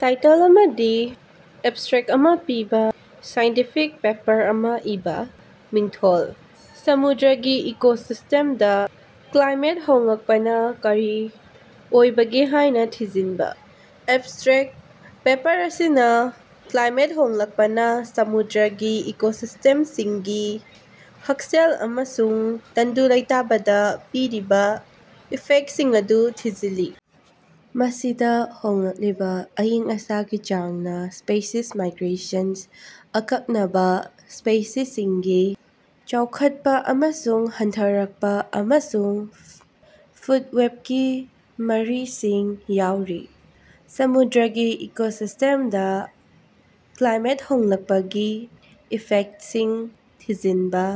Title ꯑꯃꯗꯤ abstract ꯑꯃ ꯄꯤꯕꯥ ꯁꯥꯏꯟꯇꯤꯐꯤꯛ ꯄꯦꯄꯔ ꯑꯃ ꯏꯕ꯫ ꯃꯤꯡꯊꯣꯜ: ꯁꯃꯨꯗ꯭ꯔꯒꯤ ꯏꯀꯣꯁꯤꯁꯇꯦꯝꯗ ꯀ꯭ꯂꯥꯏꯃꯦꯠ ꯍꯣꯡꯂꯛꯄꯅ ꯀꯔꯤ ꯑꯣꯏꯕꯒꯦ ꯍꯥꯏꯅ ꯊꯤꯖꯤꯟꯕ꯫ ꯑꯦꯕꯁꯇ꯭ꯔꯦꯛ: ꯄꯦꯄꯔ ꯑꯁꯤꯅꯥ ꯀ꯭ꯂꯥꯏꯃꯦꯠ ꯍꯣꯡꯂꯛꯄꯅ ꯁꯃꯨꯗ꯭ꯔꯒꯤ ꯏꯀꯣꯁꯤꯁꯇꯦꯝꯁꯤꯡꯒꯤ ꯍꯛꯁꯦꯜ ꯑꯃꯁꯨꯡ ꯇꯪꯗꯨ ꯂꯩꯇꯥꯕꯗꯥ ꯄꯤꯔꯤꯕꯥ ꯏꯐꯦꯛꯇꯁꯤꯡ ꯑꯗꯨ ꯊꯤꯖꯤꯜꯂꯤ ꯃꯁꯤꯗꯥ ꯍꯣꯡꯂꯛꯂꯤꯕ ꯑꯏꯪ ꯑꯁꯥꯒꯤ ꯆꯥꯡꯅ ꯁꯄꯦꯁꯤꯁ ꯃꯥꯏꯒ꯭ꯔꯦꯁꯟ, ꯑꯀꯛꯅꯕꯥ ꯁꯄꯦꯁꯤꯁꯁꯤꯡꯒꯤ ꯆꯥꯎꯈꯠꯄ ꯑꯃꯁꯨꯡ ꯍꯟꯊꯔꯛꯄ ꯑꯃꯁꯨꯡ ꯐꯨꯗ ꯋꯦꯕꯀꯤ ꯃꯔꯤꯁꯤꯡ ꯌꯥꯎꯔꯤ꯫ ꯁꯃꯨꯗ꯭ꯔꯒꯤ ꯏꯀꯣꯁꯤꯁꯇꯦꯝꯗ ꯀ꯭ꯂꯥꯏꯃꯦꯠ ꯍꯣꯡꯂꯛꯄꯒꯤ ꯏꯐꯦꯛꯇꯁꯤꯡ ꯊꯤꯖꯤꯟꯕ: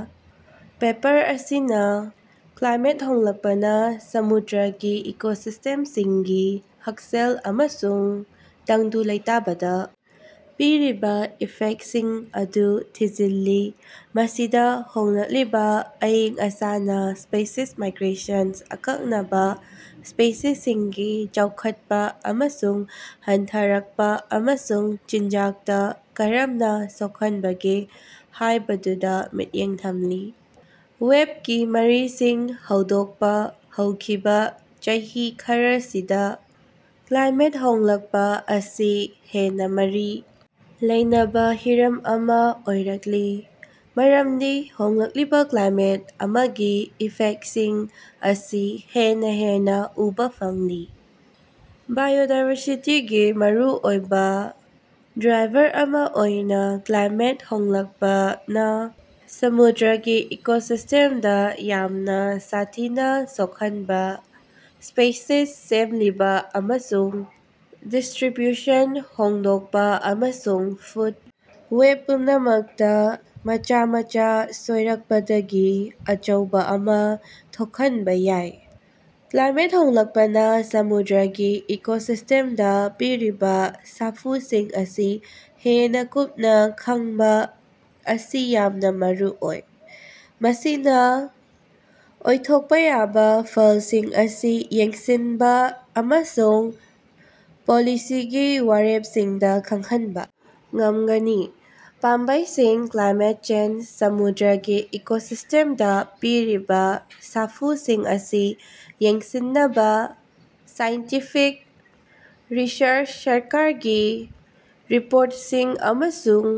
ꯄꯦꯄꯔ ꯑꯁꯤꯅ ꯀ꯭ꯂꯥꯏꯃꯦꯠ ꯍꯣꯡꯂꯛꯄꯅ ꯁꯃꯨꯗ꯭ꯔꯒꯤ ꯏꯀꯣꯁꯤꯁꯇꯦꯝꯁꯤꯡꯒꯤ ꯍꯛꯁꯦꯜ ꯑꯃꯁꯨꯡ ꯇꯪꯗꯨ ꯂꯩꯇꯥꯕꯗ ꯄꯤꯔꯤꯕꯥ ꯏꯐꯦꯛꯇꯁꯤꯡ ꯑꯗꯨ ꯊꯤꯖꯤꯜꯂꯤ ꯃꯁꯤꯗ ꯍꯣꯡꯂꯛꯂꯤꯕ ꯑꯢꯪꯕ ꯑꯁꯥꯅ ꯁ꯭ꯄꯦꯁꯤꯁ ꯃꯥꯏꯒ꯭ꯔꯦꯁꯟ, ꯑꯀꯛꯅꯕꯥ ꯁ꯭ꯄꯦꯁꯤꯁꯁꯤꯡꯒꯤ ꯆꯥꯎꯈꯠꯄꯥ ꯑꯃꯁꯨꯡ ꯍꯟꯊꯔꯛꯄ ꯑꯃꯁꯨꯡ ꯆꯤꯟꯖꯥꯛꯇ ꯀꯔꯝꯅ ꯁꯣꯛꯍꯟꯕꯒꯦ ꯍꯥꯢꯕꯗꯨꯗ ꯃꯤꯠꯌꯦꯡ ꯊꯝꯂꯤ꯫ ꯋꯦꯕꯀꯤ ꯃꯔꯤꯁꯤꯡ ꯍꯧꯗꯣꯛꯄ ꯍꯧꯈꯤꯕꯥ ꯆꯍꯤ ꯈꯔꯁꯤꯗ ꯀ꯭ꯂꯥꯏꯃꯦꯠ ꯍꯣꯡꯂꯛꯄ ꯑꯁꯤ ꯍꯦꯟꯅ ꯃꯔꯤ ꯂꯩꯅꯕ ꯍꯤꯔꯝ ꯑꯃ ꯑꯣꯏꯔꯛꯂꯤ ꯃꯔꯝꯗꯤ ꯍꯣꯡꯂꯛꯂꯤꯕ ꯀ꯭ꯂꯥꯏꯃꯦꯠ ꯑꯃꯒꯤ ꯏꯐꯦꯛꯇꯁꯤꯡ ꯑꯁꯤ ꯍꯦꯟꯅ ꯍꯦꯟꯅ ꯎꯕ ꯐꯪꯂꯤ꯫ ꯕꯥꯏꯑꯣꯗꯥꯏꯕꯔꯁꯤꯇꯤꯒꯤ ꯃꯔꯨꯑꯣꯏꯕ ꯗ꯭ꯔꯥꯏꯚꯔ ꯑꯃ ꯑꯣꯏꯅ ꯀ꯭ꯂꯥꯏꯃꯦꯠ ꯍꯣꯡꯂꯛꯄꯅ ꯁꯃꯨꯗ꯭ꯔꯒꯤ ꯏꯀꯣꯁꯤꯁꯇꯦꯝꯗ ꯌꯥꯝꯅ ꯁꯥꯊꯤꯅ ꯁꯣꯛꯍꯟꯕ ꯁꯄꯦꯁꯤꯁ ꯁꯦꯝꯂꯤꯕ ꯑꯃꯁꯨꯡ ꯗꯤꯁꯇ꯭ꯔꯤꯕ꯭ꯌꯨꯁꯟ ꯍꯣꯡꯗꯣꯛꯄ ꯑꯃꯁꯨꯡ ꯐꯨꯗ ꯋꯦꯕ ꯄꯨꯝꯅꯃꯛꯇ ꯃꯆꯥ ꯃꯆꯥ ꯁꯣꯏꯔꯛꯄꯗꯒꯤ ꯑꯆꯧꯕ ꯑꯃ ꯊꯣꯛꯍꯟꯕ ꯌꯥꯏ꯫ ꯀ꯭ꯂꯥꯏꯃꯦꯠ ꯍꯣꯡꯂꯛꯄꯅ ꯁꯃꯨꯗ꯭ꯔꯒꯤ ꯏꯀꯣꯁꯤꯁꯇꯦꯝꯗ ꯄꯤꯔꯤꯕꯥ ꯁꯥꯐꯨꯁꯤꯡ ꯑꯁꯤ ꯍꯦꯟꯅ ꯀꯨꯞꯅ ꯈꯪꯕꯥ ꯑꯁꯤ ꯌꯥꯝꯅ ꯃꯔꯨ ꯑꯣꯏ ꯃꯁꯤꯅꯥ ꯑꯣꯏꯊꯣꯛꯄ ꯌꯥꯕ ꯐꯜꯁꯤꯡ ꯑꯁꯤ ꯌꯦꯡꯁꯤꯟꯕ ꯑꯃꯁꯨꯡ ꯄꯣꯂꯤꯁꯤꯒꯤ ꯋꯥꯔꯦꯞꯁꯤꯡꯗ ꯈꯪꯍꯟꯕ ꯉꯝꯒꯅꯤ꯫ ꯄꯥꯝꯕꯩꯁꯤꯡ ꯀ꯭ꯂꯥꯏꯃꯦꯠ ꯆꯦꯟꯖꯅ ꯁꯃꯨꯗ꯭ꯔꯒꯤ ꯏꯀꯣꯁꯤꯁꯇꯦꯞꯗ ꯄꯤꯔꯤꯕ ꯁꯥꯐꯨꯁꯤꯡ ꯑꯁꯤ ꯌꯦꯡꯁꯤꯟꯅꯕ ꯁꯥꯏꯟꯇꯤꯐꯤꯛ ꯔꯤꯁꯔꯆ ꯁꯔꯀꯥꯔꯒꯤ ꯔꯤꯄꯣꯔꯇꯁꯤꯡ ꯑꯃꯁꯨꯡ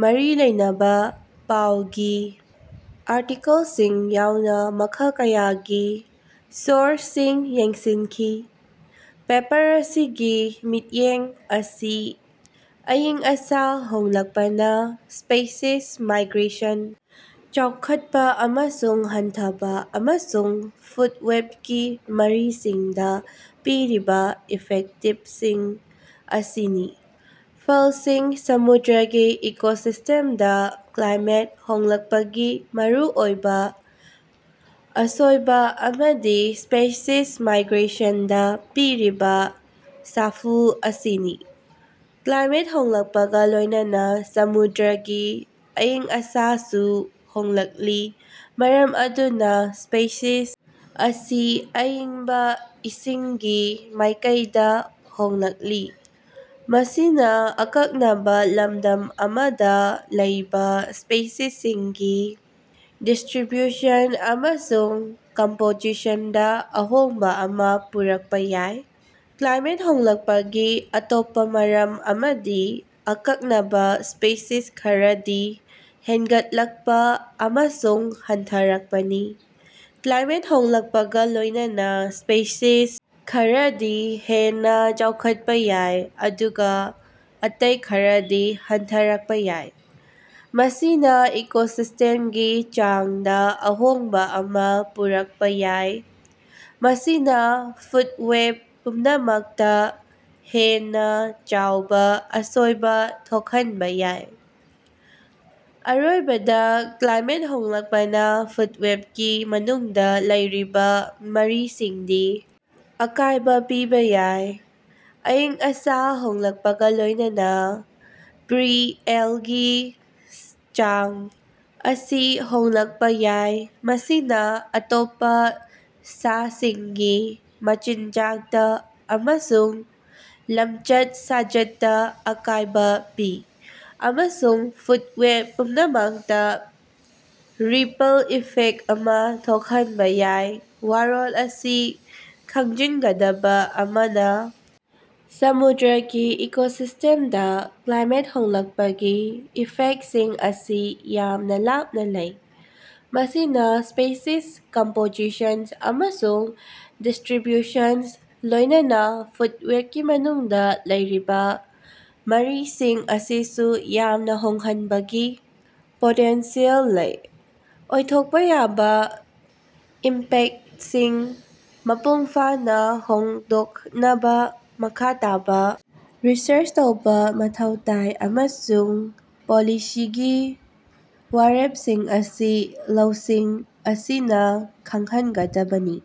ꯃꯔꯤ ꯂꯩꯅꯕ ꯄꯥꯎꯒꯤ ꯑꯥꯔꯇꯤꯀꯜꯁꯤꯡ ꯌꯥꯎꯅ ꯃꯈꯜ ꯀꯌꯥꯒꯤ ꯁꯣꯔꯁꯁꯤꯡ ꯌꯦꯡꯁꯤꯟꯈꯤ꯫ ꯄꯦꯄꯔ ꯑꯁꯤꯒꯤ ꯃꯤꯠꯌꯦꯡ ꯑꯁꯤ ꯑꯏꯪ ꯑꯁꯥ ꯍꯣꯡꯂꯛꯄꯅ ꯁꯄꯦꯁꯤꯁ ꯃꯥꯏꯒ꯭ꯔꯦꯁꯟ, ꯆꯥꯎꯈꯠꯄ ꯑꯃꯁꯨꯡ ꯍꯟꯊꯕ ꯑꯃꯁꯨꯡ ꯐꯨꯗ ꯋꯦꯕꯀꯤ ꯃꯔꯤꯁꯤꯡꯗ ꯄꯤꯔꯤꯕꯥ ꯏꯐꯦꯛꯇꯁꯤꯡ ꯑꯁꯤꯅꯤ꯫ ꯐꯜꯁꯤꯡ ꯁꯃꯨꯗ꯭ꯔꯒꯤ ꯏꯀꯣꯁꯤꯁꯇꯦꯝꯗ ꯀ꯭ꯂꯥꯏꯃꯦꯠ ꯍꯣꯡꯂꯛꯄꯒꯤ ꯃꯔꯨꯑꯣꯏꯕ ꯑꯁꯣꯏꯕ ꯑꯃꯗꯤ ꯁꯄꯦꯁꯤꯁ ꯃꯥꯏꯒ꯭ꯔꯦꯁꯟꯗ ꯄꯤꯔꯤꯕꯥ ꯁꯥꯐꯨ ꯑꯁꯤꯅꯤ꯫ ꯀ꯭ꯂꯥꯏꯃꯦꯠ ꯍꯣꯡꯂꯛꯄꯒ ꯂꯣꯢꯅꯅꯥ ꯁꯃꯨꯗ꯭ꯔꯒꯤ ꯑꯏꯪ ꯑꯁꯥꯁꯨ ꯍꯣꯡꯂꯛꯂꯤ ꯃꯔꯝ ꯑꯗꯨꯅ ꯁꯄꯦꯁꯤꯁꯁꯤꯡ ꯑꯁꯤ ꯑꯏꯪꯕ ꯏꯁꯤꯡꯒꯤ ꯃꯥꯢꯀꯩꯗꯥ ꯍꯣꯡꯂꯛꯂꯤ꯫ ꯃꯁꯤꯅꯥ ꯑꯀꯛꯅꯕꯥ ꯂꯝꯗꯝ ꯑꯃꯗ ꯂꯩꯕ ꯁꯄꯦꯁꯤꯁꯁꯤꯡꯒꯤ ꯗꯤꯁꯇ꯭ꯔꯤꯕ꯭ꯌꯨꯁꯟ ꯑꯃꯁꯨꯡ ꯀꯝꯄꯣꯖꯤꯁꯟꯗ ꯑꯍꯣꯡꯕ ꯑꯃ ꯄꯨꯔꯛꯄ ꯌꯥꯏ꯫ ꯀ꯭ꯂꯥꯏꯃꯦꯠ ꯍꯣꯡꯂꯛꯄꯒꯤ ꯑꯇꯣꯞꯄ ꯃꯔꯝ ꯑꯃꯗꯤ ꯑꯀꯛꯅꯕ ꯁꯄꯦꯁꯤꯁ ꯈꯔꯗꯤ ꯍꯦꯟꯒꯠꯂꯛꯄꯥ ꯑꯃꯁꯨꯡ ꯍꯟꯊꯔꯛꯄꯅꯤ꯫ ꯀ꯭ꯂꯥꯏꯃꯦꯠ ꯍꯣꯡꯂꯛꯄꯒ ꯂꯣꯢꯅꯅꯥ ꯁꯄꯦꯁꯤꯁ ꯈꯔꯗꯤ ꯍꯦꯟꯅ ꯆꯥꯎꯈꯠꯄ ꯌꯥꯏ ꯑꯗꯨꯒ ꯑꯇꯩ ꯈꯔꯗꯤ ꯍꯟꯊꯔꯛꯄ ꯌꯥꯏ꯫ ꯃꯁꯤꯅꯥ ꯏꯀꯣꯁꯤꯁꯇꯦꯝꯒꯤ ꯆꯥꯡꯗ ꯑꯍꯣꯡꯕ ꯑꯃ ꯄꯨꯔꯛꯄ ꯌꯥꯏ ꯃꯁꯤꯅ ꯐꯨꯗ ꯋꯦꯕ ꯄꯨꯝꯅꯃꯛꯇ ꯍꯦꯟꯅ ꯆꯥꯎꯕ ꯑꯁꯣꯏꯕ ꯊꯣꯛꯍꯟꯕ ꯌꯥꯏ꯫ ꯑꯔꯣꯏꯕꯗ ꯀ꯭ꯂꯥꯏꯃꯦꯠ ꯍꯣꯡꯂꯛꯄꯅ ꯐꯨꯗ ꯋꯦꯕꯀꯤ ꯃꯅꯨꯡꯗ ꯂꯩꯔꯤꯕ ꯃꯔꯤꯁꯤꯡꯗ ꯑꯀꯥꯢꯕ ꯄꯤꯕꯥ ꯌꯥꯏ꯫ ꯑꯏꯪ ꯑꯁꯥ ꯍꯣꯡꯂꯛꯄꯒ ꯂꯣꯢꯅꯅ ꯄ꯭ꯔꯤ-ꯑꯦꯜꯒꯤ ꯆꯥꯡ ꯑꯁꯤ ꯍꯣꯡꯂꯛꯄ ꯌꯥꯏ ꯃꯁꯤꯅꯥ ꯑꯇꯣꯞꯄ ꯁꯥꯁꯤꯡꯒꯤ ꯃꯆꯤꯟꯖꯥꯛꯇ ꯑꯃꯁꯨꯡ ꯂꯃꯆꯠ-ꯁꯥꯖꯠꯇ ꯑꯀꯥꯢꯕꯥ ꯄꯤ ꯑꯃꯁꯨꯡ ꯐꯨꯗ ꯋꯦꯕ ꯄꯨꯝꯅꯃꯛꯇ ꯔꯤꯄꯜ ꯏꯐꯦꯛꯇ ꯑꯃ ꯊꯣꯛꯍꯟꯕ ꯌꯥꯏ꯫ ꯋꯥꯔꯣꯜ ꯑꯁꯤ ꯈꯪꯖꯤꯟꯒꯗꯕ ꯑꯃꯅ ꯁꯃꯨꯗ꯭ꯔꯒꯤ ꯏꯀꯣꯁꯤꯁ꯭ꯇꯦꯝꯗ ꯀ꯭ꯂꯥꯏꯃꯦꯠ ꯍꯣꯡꯂꯛꯄꯒꯤ ꯏꯐꯦꯛꯇꯁꯤꯡ ꯑꯁꯤ ꯌꯥꯝꯅ ꯂꯥꯞꯅ ꯂꯩ ꯃꯁꯤꯅꯥ ꯁꯄꯦꯁꯤꯁ ꯀꯝꯄꯣꯖꯤꯁꯟ ꯑꯃꯁꯨꯡ ꯗꯤꯁꯇ꯭ꯔꯤꯕ꯭ꯌꯨꯁꯟ ꯂꯣꯢꯅꯅꯥ ꯐꯨꯗ ꯋꯦꯕꯀꯤ ꯃꯅꯨꯡꯗꯥ ꯂꯩꯔꯤꯕꯥ ꯃꯔꯤꯁꯤꯡ ꯑꯁꯤꯁꯨ ꯌꯥꯝꯅ ꯍꯣꯡꯍꯟꯕꯒꯤ ꯄꯣꯇꯦꯟꯁꯤꯑꯦꯜ ꯂꯩ꯫ ꯑꯣꯏꯊꯣꯛꯄ ꯌꯥꯕ ꯏꯝꯄꯦꯛꯇꯁꯤꯡ ꯃꯄꯨꯡ ꯐꯥꯅ ꯈꯡꯗꯣꯛꯅꯕ ꯃꯈꯥ ꯇꯥꯕꯥ ꯔꯤꯁꯔꯆ ꯇꯧꯕꯥ ꯃꯊꯧ ꯇꯥꯏ ꯑꯃꯁꯨꯡ ꯄꯣꯂꯤꯁꯤꯒꯤ ꯋꯥꯔꯦꯞꯁꯤꯡ ꯑꯁꯤ ꯂꯧꯁꯤꯡ ꯑꯁꯤꯅ ꯈꯡꯍꯟꯒꯗꯕꯅꯤ꯫